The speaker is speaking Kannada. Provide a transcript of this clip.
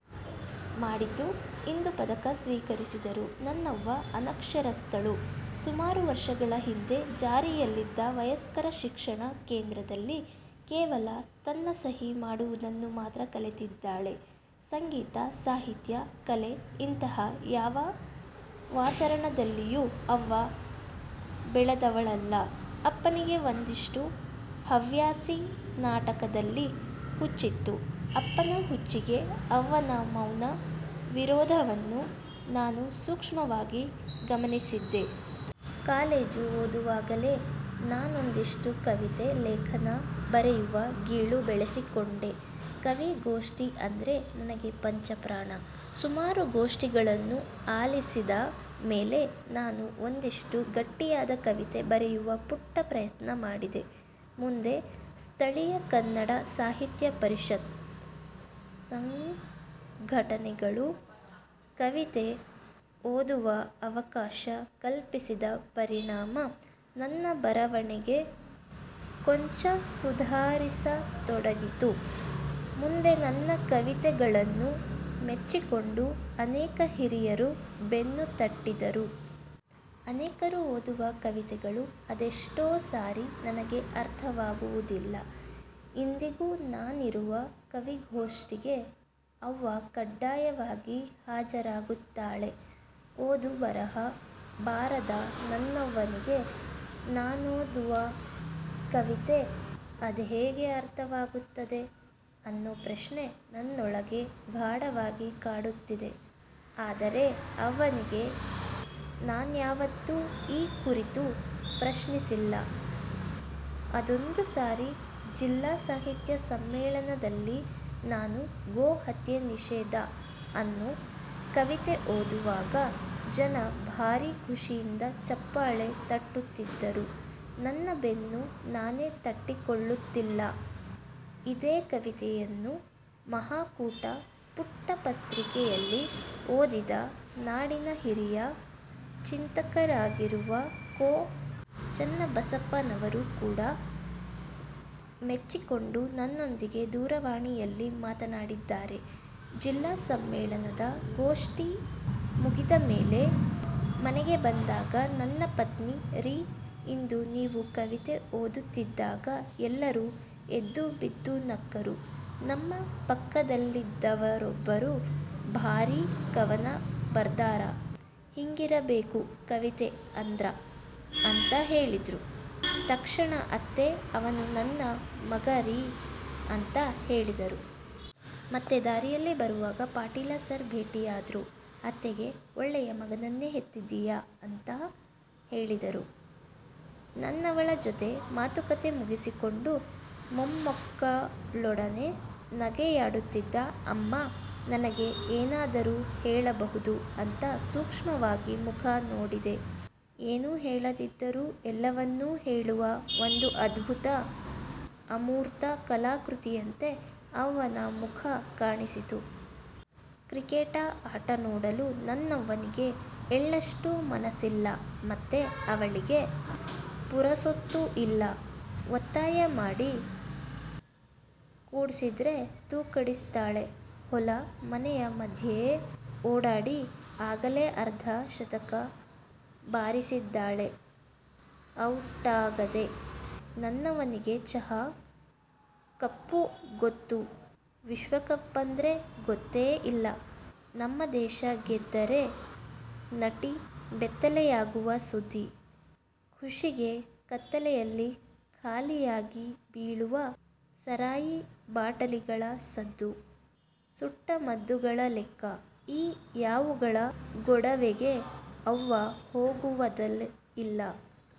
ಮಾಡಿದ್ದು, ಇಂದು ಪದಕ ಸ್ವೀಕರಿಸಿದರು. ನನ್ನವ್ವ ಅನಕ್ಷರಸ್ಥಳು, ಸುಮಾರು ವರ್ಷಗಳ ಹಿಂದೆ ಜಾರಿಯಲ್ಲಿದ್ದ ವಯಸ್ಕರ ಶಿಕ್ಷಣ ಕೇಂದ್ರದಲ್ಲಿ ಕೇವಲ ತನ್ನ ಸಹಿ ಮಾಡುವುದನ್ನು ಮಾತ್ರ ಕಲಿತಿದ್ದಾಳೆ. ಸಂಗೀತ, ಸಾಹಿತ್ಯ, ಕಲೆ ಇಂತಹ ಯಾವ ವಾತರಣದಲ್ಲಿಯೂ ಅವ್ವ ಬೆಳೆದವಳಲ್ಲ. ಅಪ್ಪನಿಗೆ ಒಂದಿಷ್ಟು ಹವ್ಯಾಸಿ ನಾಟಕದಲ್ಲಿ ಹುಚ್ಚಿತ್ತು. ಅಪ್ಪನ ಹುಚ್ಚಿಗೆ ಅವ್ವನ ಮೌನ ವಿರೋಧವನ್ನು ನಾನು ಸೂಕ್ಷ್ಮವಾಗಿ ಗಮನಿಸಿದ್ದೆ. ಕಾಲೇಜು ಓದುವಾಗಲೇ ನಾನೊಂದಿಷ್ಟು ಕವಿತೆ, ಲೇಖನ ಬರೆಯುವ ಗೀಳು ಬೆಳೆಸಿಕೊಂಡೆ, ಕವಿಗೋಷ್ಠಿ ಅಂದ್ರೆ ನನಗೆ ಪಂಚಪ್ರಾಣ. ಸುಮಾರು ಗೋಷ್ಠಿಗಳನ್ನು ಆಲಿಸಿದ ಮೇಲೆ ನಾನೂ ಒಂದಿಷ್ಟು ಗಟ್ಟಿಯಾದ ಕವಿತೆ ಬರೆಯುವ ಪುಟ್ಟ ಪ್ರಯತ್ನ ಮಾಡಿದೆ, ಮುಂದೆ ಸ್ಥಳಿಯ ಕನ್ನಡ ಸಾಹಿತ್ಯ ಪರಿಷತ್ ಂಘಟನೆಗಳು ಕವಿತೆ ಓದುವ ಅವಕಾಶ ಕಲ್ಪಿಸಿದ ಪರಿಣಾಮ ನನ್ನ ಬರವಣಿಗೆ ಕೊಂಚ ಸುಧಾರಿಸತೊಡಗಿತು, ಮುಂದೆ ನನ್ನ ಕವಿತೆಗಳನ್ನು ಮೆಚ್ಚಿಕೊಂಡು ಅನೇಕ ಹಿರಿಯರು ಬೆನ್ನುತಟ್ಟಿದರು. ಅನೇಕರು ಓದುವ ಕವಿತೆಗಳು ಅದೇಷ್ಟೊ ಸಾರಿ ನನಗೆ ಅರ್ಥವಾಗುವುದಿಲ್ಲ. ಇಂದಿಗೂ ನಾನಿರುವ ಕವಿಗೋಷ್ಠಿಗೆ ಅವ್ವ ಕಡ್ಡಾಯವಾಗಿ ಹಾಜರಾಗುತ್ತಾಳೆ, ಓದು ಬರಹ ಬಾರದ ನನ್ನವ್ವನಿಗೆ ನಾನೋದುವ ಕವಿತೆ ಅದ್ಹೇಗೆ ಅರ್ಥವಾಗುತ್ತದೆ? ಅನ್ನೊ ಪ್ರಶ್ನೆ ನನ್ನೊಳಗೆ ಗಾಢವಾಗಿ ಕಾಡುತ್ತಿದೆ. ಆದರೆ ಅವ್ವನಿಗೆ ನಾನ್ಯಾವತ್ತೂ ಈ ಕುರಿತು ಪ್ರಶ್ನಿಸಿಲ್ಲ. ಅದೊಂದು ಸಾರಿ ಜಿಲ್ಲಾ ಸಾಹಿತ್ಯ ಸಮ್ಮೇಳನದಲ್ಲಿ ನಾನು 'ಗೋ ಹತ್ಯೆ ನಿಷೇಧ' ಅನ್ನೊ ಕವಿತೆ ಓದುವಾಗ ಜನ ಭಾರೀ ಖುಷಿಯಿಂದ ಚಪ್ಪಳೆ ತಟ್ಟುತ್ತಿದ್ದರು, ನನ್ನ ಬೆನ್ನು ನಾನೇ ತಟ್ಟಿಕೊಳ್ಳುತ್ತಿಲ್ಲ ಇದೇ ಕವಿತೆಯನ್ನು 'ಮಹಾಕೂಟ' ಪುಟ್ಟ ಪತ್ರಿಕೆಯಲ್ಲಿ ಓದಿದ ನಾಡಿನ ಹಿರಿಯ ಚಿಂತಕರಾಗಿರುವ ಕೋ. ಚನ್ನಬಸಪ್ಪನವರು ಕೂಡಾ ಮೆಚ್ಚಿಕೊಂಡು ನನ್ನೊಂದಿಗೆ ದೂರವಾಣಿಯಲ್ಲಿ ಮಾತನಾಡಿದ್ದಾರೆ. ಜಿಲ್ಲಾ ಸಮ್ಮೇಳನದ ಗೋಷ್ಠಿ ಮುಗಿದ ಮೇಲೆ ಮನೆಗೆ ಬಂದಾಗ ನನ್ನ ಪತ್ನಿ 'ರೀ ಇಂದು ನೀವು ಕವಿತೆ ಓದುತ್ತಿದ್ದಾಗ ಎಲ್ಲರೂ ಎದ್ದುಬಿದ್ದು ನಕ್ಕರು, ನಮ್ಮ ಪಕ್ಕದಲ್ಲಿದ್ದವರೊಬ್ಬರು 'ಭಾರೀ ಕವನ ಬರ್ದಾರ, ಹಿಂಗಿರಬೇಕು ಕವಿತೆ ಅಂದ್ರ' ಅಂತಾ ಹೇಳಿದ್ರು, ತಕ್ಷಣ ಅತ್ತೆ 'ಅವನು ನನ್ನ ಮಗಾ ರೀ' ಅಂತಾ ಹೇಳಿದರು. ಮತ್ತೆ ದಾರಿಯಲ್ಲಿ ಬರುವಾಗ ಪಾಟೀಲ ಸರ್ ಭೇಟಿಯಾದ್ರು, ಅತ್ತೆಗೆ 'ಒಳ್ಳೆಯ ಮಗನನ್ನೆ ಹೆತ್ತಿದ್ದಿಯಾ' ಅಂತಾ ಹೇಳಿದರು. ನನ್ನವಳ ಜೊತೆ ಮಾತುಕತೆ ಮುಗಿಸಿಕೊಂಡು ಮೊಮ್ಮಕ್ಕಳೊಡನೆ ನಗೆಯಾಡುತ್ತಿದ್ದ ಅಮ್ಮ ನನಗೆ ಏನಾದರೂ ಹೇಳಬಹುದು ಅಂತಾ ಸೂಕ್ಷ್ಮವಾಗಿ ಮುಖ ನೋಡಿದೆ, ಏನೂ ಹೇಳದಿದ್ದರೂ ಏನೇಲ್ಲವನ್ನೂ ಹೇಳುವ ಒಂದು ಅದ್ಭುತ ಅಮೂರ್ತ ಕಲಾಕೃತಿಯಂತೆ ಅವ್ವನ ಮುಖ ಕಾಣಿಸಿತು. ಕ್ರಿಕೆಟ ಆಟ ನೋಡಲು ನನ್ನವ್ವನಿಗೆ ಎಳ್ಳಷ್ಟೂ ಮನಸ್ಸಿಲ್ಲ ಮತ್ತೆ ಅವಳಿಗೆ ಪುರಸೊತ್ತು ಇಲ್ಲ. ಒತ್ತಾಯ ಮಾಡಿ ಕೂಡ್ಸಿದ್ರೆ ತೂಕಡಿಸ್ತಾಳೆ. ಹೊಲ; ಮನೆಯ ಮಧ್ಯೆಯೇ ಓಡಾಡಿ ಆಗಲೇ ಅರ್ಧ ಶತಕ ಬಾರಿಸಿದ್ದಾಳೆ ಔಟಾಗದೆ. ನನ್ನವ್ವನಿಗೆ ಚಹಾ ಕಪ್ಪು ಗೊತ್ತು ವಿಶ್ವ ಕಪಂದ್ರೆ ಗೊತ್ತೇ ಇಲ್ಲ. ನಮ್ಮ ದೇಶ ಗೆದ್ದರೆ ನಟಿ ಬೆತ್ತಲೆಯಾಗುವ ಸುದ್ದಿ, ಖುಷಿಗೆ ಕತ್ತಲೆಯಲಿ ಖಾಲಿಯಾಗಿ ಬೀಳುವ ಸರಾಯಿ ಬಾಟಲಿಗಳ ಸದ್ದು, ಸುಟ್ಟ ಮದ್ದುಗಳ ಲೆಕ್ಕ ಈ ಯಾವುಗಳ ಗೊಡವೆಗೆ ಅವ್ವ ಹೋಗುವದೇ ಇಲ್ಲ.